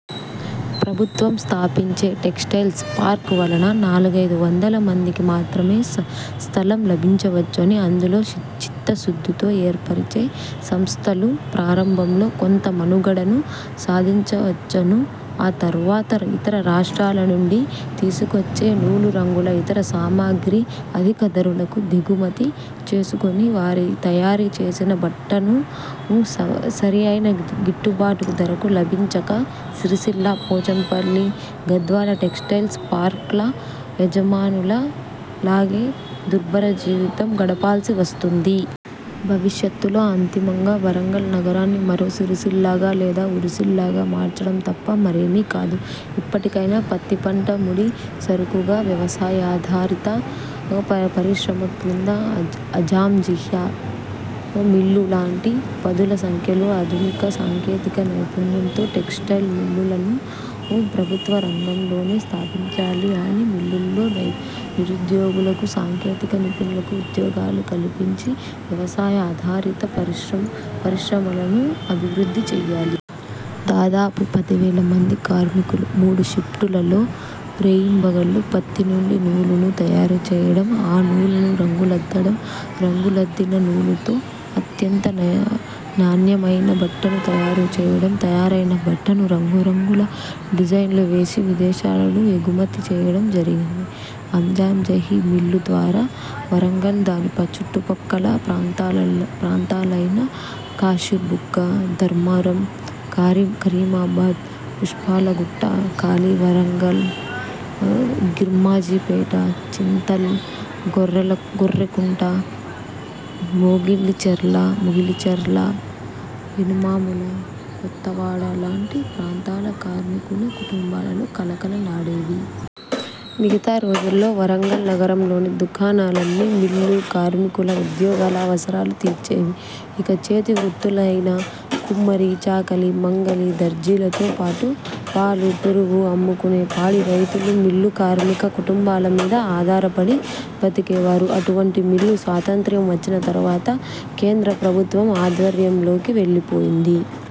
ప్రభుత్వం స్థాపించే textile park వలన నాలుగైదు వందల మందికి మాత్రమే స్థలం లభించవచ్చును. అందులో చిత్తశుద్ధితో ఏర్పరచే సంస్థలు ప్రారంభంలో కొంత మనుగడను సాధించవచ్చును. ఆ తర్వాత ఇతర రాష్ట్రాల నుండి తీసుకువచ్చే నూలు, రంగులు, ఇతర సామాగ్రి అధిక ధరలకు దిగుమతి చేసుకుని, వారు తయారు చేసిన బట్టకు సరియైన గిట్టుబాటు ధర లభించక సిరిసిల్ల, పోచంపల్లి, గద్వాల టెక్స్టైల్స్ పార్క్ల యజమానుల లాగే దుర్భర జీవితం గడపాల్సి వస్తుంది. భవిష్యత్లో అంతిమంగా వరంగల్ నగరాన్ని మరో సిరిసిల్లగా లేదా ఉరిసిల్లగా మార్చడం తప్ప మరేమీ కాదు. ఇప్పటికైనా పత్తిపంట ముడి సరుకుగా వ్యవసాయాధారిత పరిశ్రమ కింద ఆజాంజాహి మిల్లు లాంటి పదుల సంఖ్యలో ఆధునిక సాంకేతిక నైపుణ్యంతో టెక్స్టైల్ మిల్లులను ప్రభుత్వ రంగంలోనే స్థాపించాలి. ఆ మిల్లుల్లో నిరుద్యోగులకు, సాంకేతిక నిపుణులకు ఉద్యోగాలు కల్పించి వ్యవసాయ ఆధారిత పరిశ్రమలను అభివృద్ధి చేయాలి. దాదాపు పదివేల మంది కార్మికులు మూడు షిప్టులలో రేయింబవళ్ళు పత్తి నుండి నూలును తయారు చేయడం, ఆ నూలుకు రంగులద్దడం, రంగులద్దిన నూలుతో అత్యంత నాణ్యమయిన బట్టను తయారు చేయడం, తయారైన బట్టను రంగురంగుల డిజైన్లు వేసి విదేశాలకు ఎగుమతి చేయడం జరిగింది. ఆజాంజాహి మిల్లు ద్వారా వరంగల్, దాని చుట్టుపక్కల ప్రాంతాలయిన కాశిబుగ్గ, ధర్మారం, కరీమాబాద్, పుప్పాలగుట్ట, ఖీలా వరంగల్, గిర్మాజిపేట, చింతల్, గొర్రెకుంట, మొగిలిచర్ల, ఎనమాముల, కొత్తవాడ లాంటి ప్రాంతాలు కార్మికుల కుటుంబాలతో కళకళలాడేవి. మిగతా రోజుల్లో వరంగల్ నగరంలోని దుకాణాలన్నీ మిల్లు కార్మికుల, ఉద్యోగుల అవసరాలు తీర్చేవి. ఇక చేతి వృత్తులయిన కుమ్మరి, చాకలి, మంగలి, దర్జీలతో పాటు, పాలు, పెరుగు అమ్ముకునే పాడి రైతులు మిల్లు కార్మిక కుటుంబాల మీద ఆధారపడి బతికేవారు. అటువంటి మిల్లు స్వాతంత్య్రం వచ్చిన తర్వాత కేంద్ర ప్రభుత్వ ఆధ్వర్యంలోకి వెళ్ళిపోయింది.